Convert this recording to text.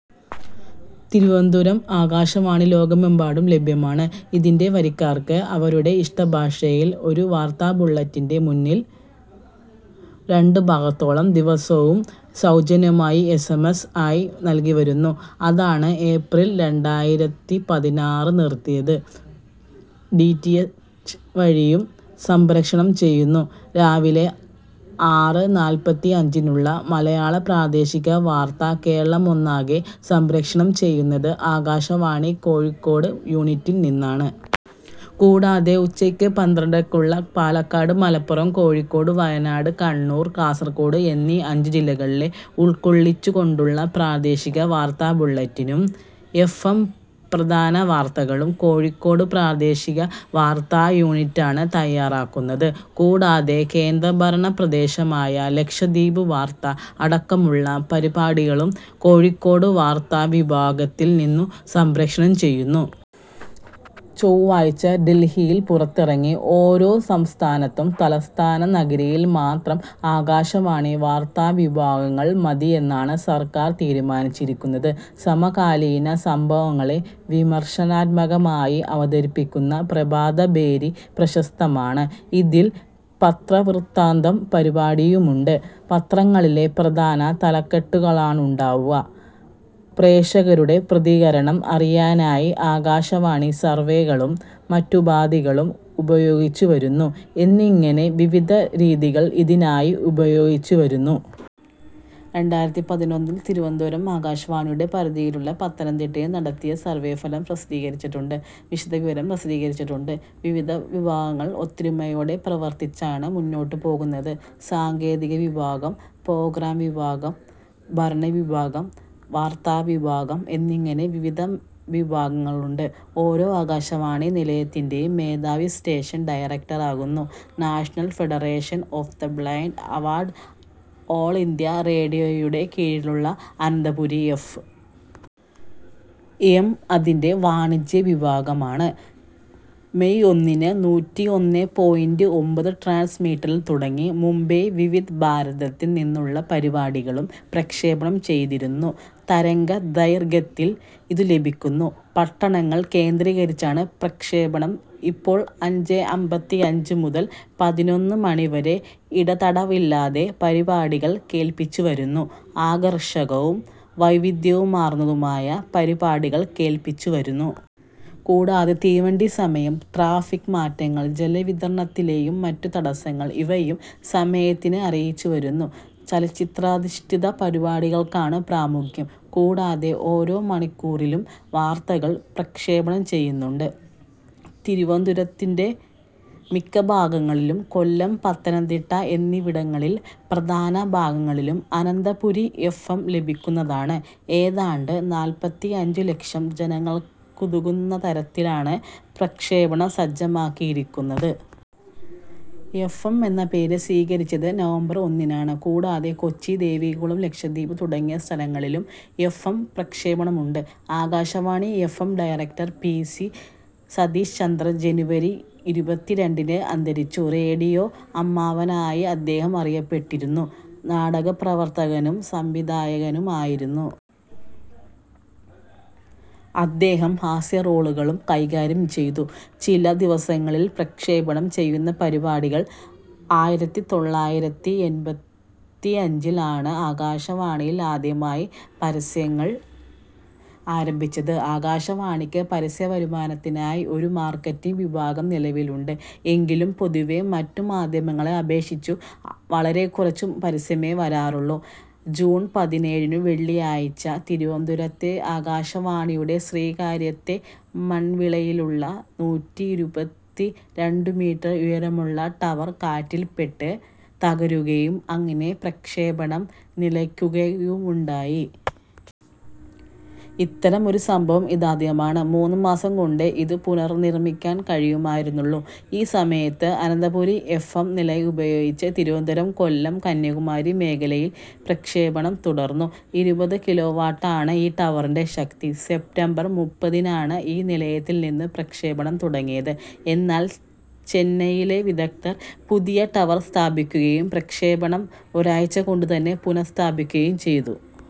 തിരുവനന്തപുരം ആകാശവാണി ലോകത്തെമ്പാടും ലഭ്യമാണ്. ഇതിന്റെ വരിക്കാർക്ക്, അവരുടെ ഇഷ്ടഭാഷയിൽ, ഒരു വാർത്താബുള്ളെറ്റിന്റെ മൂന്നിൽ രണ്ടു ഭാഗത്തോളം ദിവസവും സൗജന്യമായി എസ്. എം. എസ് ആയി നൽകിവന്നിരുന്നു. അതാണ് ഏപ്രിൽ രണ്ടായിരത്തിപതിനാറിന് നിർത്തിയത്. ഡി. റ്റി. എച്ച് വഴിയും സംപ്രേഷണം ചെയ്യുന്നു. രാവിലെ ആറ് നാല്പത്തിഅഞ്ചിനുള്ള മലയാളം പ്രാദേശിക വാർത്ത കേരളമൊന്നാകെ സംപ്രേഷണം ചെയ്യുന്നത് ആകാശവാണി കോഴിക്കോട് യൂണിറ്റിൽ നിന്നാണ്. കൂടാതെ ഉച്ചയ്ക്ക് പന്ത്രണ്ടരക്കുള്ള പാലക്കാട്, മലപ്പുറം, കോഴിക്കോട്, വയനാട്, കണ്ണൂർ, കാസർകോട് എന്നീ അഞ്ചു ജില്ലകളെ ഉൾക്കൊള്ളിച്ചുകൊണ്ടുള്ള പ്രാദേശിക വാർത്താ ബുള്ളറ്റിനും എഫ്എം പ്രധാന വാർത്തകളും കോഴിക്കോട് പ്രാദേശിക വാർത്താ യൂണിറ്റാണ് തയ്യാറാക്കുന്നത്. കൂടാതെ കേന്ദ്രഭരണപ്രദേശമായ ലക്ഷദ്വീപ് വാർത്ത അടക്കമുള്ള പരിപാടികളും കോഴിക്കോട് വാർത്താവിഭാഗത്തിൽ നിന്നു സംപ്രേഷണം ചെയ്യുന്നു. ചൊവ്വാഴ്ച ഡൽഹിയിൽ പുറത്തിറങ്ങി. ഓരോ സംസ്ഥാനത്തും തലസ്ഥാന നഗരിയിൽ മാത്രം ആകാശവാണി വാർത്താവിഭാഗങ്ങൾ മതിയെന്നാണ് സർക്കാർ തീരുമാനിച്ചിരിക്കുന്നത്. സമകാലീന സംഭവങ്ങളെ വിമർശനാത്മകമായി അവതരിപ്പിക്കുന്ന പ്രഭാതഭേരി പ്രശസ്തമാണ്. ഇതിൽ പത്രവൃത്താന്തം പരിപടിയുമുണ്ട്. പത്രങ്ങളിലെ പ്രധാന തലക്കെട്ടുകളാണുണ്ടാവുക. പ്രേക്ഷകരുടെ പ്രതികരണം അറിയാനായി ആകാശവാണി സർവെകളും മറ്റുപാധികളും ഉപയോഗിച്ചുവരുന്നു., എന്നിങ്ങനെ വിവിധ രീതികൾ ഇതിനായി ഉപയോഗിച്ചുവരുന്നു. രണ്ടായിരത്തിപതിനൊന്നിൽ തിരുവനന്തപുരം ആകാശവാണിയുടെ പരിധിയിലുള്ള പത്തനംതിട്ടയിൽ നടത്തിയ സർവേഫലം പ്രസിദ്ധീകരിച്ചിട്ടുണ്ട്. വിശദവിവരം പ്രസിദ്ധീകരിച്ചിട്ടുണ്ട്. വിവിധ വിഭാഗങ്ങൾ ഒത്തൊരുമയോടെ പ്രവർത്തിച്ചാണ് മുന്നോട്ടു പോകുന്നത്. സാങ്കേതികവിഭാഗം, പ്രോഗ്രാം വിഭാഗം, ഭരണവിഭാഗം, വാർത്താവിഭാഗം എന്നിങ്ങനെ വിവിധ വിഭാഗങ്ങളുണ്ട്. ഓരോ ആകാശവാണി നിലയത്തിന്റെയും മേധാവി സ്റ്റേഷൻ ഡയറക്ടർ ആകുന്നു. National federation of the blind award all India റേഡിയോയുടെ കീഴിലുള്ള അന്തഃപുരി എഫ്. എം അതിന്റെ വാണിജ്യവിഭാഗമാണ്. മെയ് ഒന്നിന് നൂറ്റിഒന്നേ പോയിന്റ് ഒമ്പത് ട്രാൻസ്മിറ്ററിൽ തുടങ്ങി. മുംബൈ വിവിധ്ഭാരതത്തിൽ നിന്നുമുള്ള പരിപാടികളും പ്രക്ഷേപണം ചെയ്തിരുന്നു. തരംഗദൈർഘ്യത്തിൽ ഇതു ലഭിക്കുന്നു. പട്ടണങ്ങൾ കേന്ദ്രീകരിച്ചാണ് പ്രക്ഷേപണം. ഇപ്പോൾ അഞ്ചമ്പത്തിഅഞ്ചു മുതൽ പതിനൊന്ന് മണി വരെ ഇടതടവില്ലാതെ പരിപാടികൾ കേൾപ്പിച്ചുവരുന്നു. ആകർഷകവും വൈവിധ്യമാർന്നതുമായ പരിപാടികൾ കേൾപ്പിച്ചുവരുന്നു. കൂടാതെ തീവണ്ടി സമയം, ട്രാഫിക്ക് മാറ്റങ്ങൾ, ജലവിതരണത്തിലെയും മറ്റും തടസങ്ങൾ ഇവയും സമയത്തിന് അറിയിച്ചുവരുന്നു. ചലച്ചിത്രഗാനാധിഷ്ടിതപരിപാടികൾക്കാണു പ്രാമുഖ്യം. കൂടാതെ ഓരോ മണിക്കൂറിലും വാർത്തകൾ പ്രക്ഷേപണം ചെയ്യുന്നുണ്ട്. തിരുവനതപുരത്തിന്റെ മിക്ക ഭാഗങ്ങളിലും കൊല്ലം പത്തനംതിട്ട എന്നിവിടങ്ങളിൽ പ്രധാന ഭാഗങ്ങളിലും അനന്തപുരി എഫ്. എം ലഭിക്കുന്നതാണ്. ഏതാണ്ട് നാല്പത്തിഅഞ്ചു ലക്ഷം ജനങ്ങൾക്കുതകുന്നതരത്തിലാണ് പ്രക്ഷേപണം സജ്ജമാകിയിരിക്കുന്നത്. എഫ്. എം എന്ന പേർ സ്വീകരിച്ചത് നവംബർ ഒന്നിനാണ്. കൂടാതെ കൊച്ചി, ദേവികുളം, ലക്ഷദ്വീപ് തുടങ്ങിയ സ്ഥലങ്ങളിലും എഫ്. എം പ്രക്ഷേപണമുണ്ട്. Akashvani F M director P. C. Satheeshchandran ജനുവരി ഇരുപത്തിരണ്ടിന് അന്തരിച്ചു. റേഡിയോ അമ്മാവൻ ആയി അദ്ദേഹം അറിയപ്പെട്ടിരുന്നു. നാടകപ്രവർത്തകനും സംവിധായകനും ആയിരുന്നു. അദ്ദേഹം ഹാസ്യറോളുകളും കൈകാര്യംചെയ്തു. ചില ദിവസങ്ങളിൽ പ്രക്ഷേപണം ചെയ്യുന്ന പരിപാടികൾ. ആയിരത്തിത്തൊള്ളായിരത്തിഎൺപത്തിഅഞ്ചിൽ ആണ് ആകാശവാണിയിൽ ആദ്യമായി പരസ്യങ്ങൾ ആരംഭിച്ചത്. ആകാശവാണിക്ക് പരസ്യവരുമാനത്തിനായി ഒരു മാർക്കറ്റിങ്ങ് വിഭാഗം നിലവിലുണ്ട്. എങ്കിലും പൊതുവെ മറ്റു മാധ്യമങ്ങളെ അപേക്ഷിച്ചു വളരെക്കുറച്ചു പരസ്യമെ വരാറുള്ളൂ. ജൂൺ പതിനേഴിനു വെള്ളിയാഴ്ചയാഴ്ച, തിരുവനന്തപുരത്തെ ആകാശവാണിയുടെ ശ്രീകാര്യത്തെ മൺവിളയിലുള്ള നൂറ്റിഇരുപത്തിരണ്ടു മീറ്റർ ഉയരമുള്ള ടവർ കാറ്റിൽപ്പെട്ട് തകരുകയും അങ്ങനെ പ്രക്ഷേപണം നിലയ്ക്കുകയുമുണ്ടായി. ഇത്തരം ഒരു സംഭവം ഇതാദ്യമാണ്. മൂന്നു മാസംകൊണ്ടേ ഇതു പുനർനിർമ്മിക്കാൻ കഴിയുമായിരുന്നുള്ളൂ. ഈ സമയത്ത് അനന്തപുരി എഫ്. എം നിലയം ഉപയോഗിച്ച് തിരുവനന്തപുരം, കൊല്ലം, കന്യാകുമാരി മേഖലയിൽ പ്രക്ഷേപണം തുടർന്നു. ഇരുപത് കിലോവാട്ട് ആണ് ഈ ടവറിന്റെ ശക്തി. സെപ്റ്റംബർ മുപ്പത്തിനാണ് ഈ നിലയത്തിൽനിന്നും പ്രക്ഷേപണം തുടങ്ങിയത്. എന്നാൽ ചെന്നൈയിലെ വിദഗ്ദ്ധർ, പുതിയ ടവർ സ്ഥാപിക്കുകയും പ്രക്ഷേപണം ഒരാഴ്ചകൊണ്ടുതന്നെ പുനഃസ്ഥാപിക്കുകയുംചെയ്തു.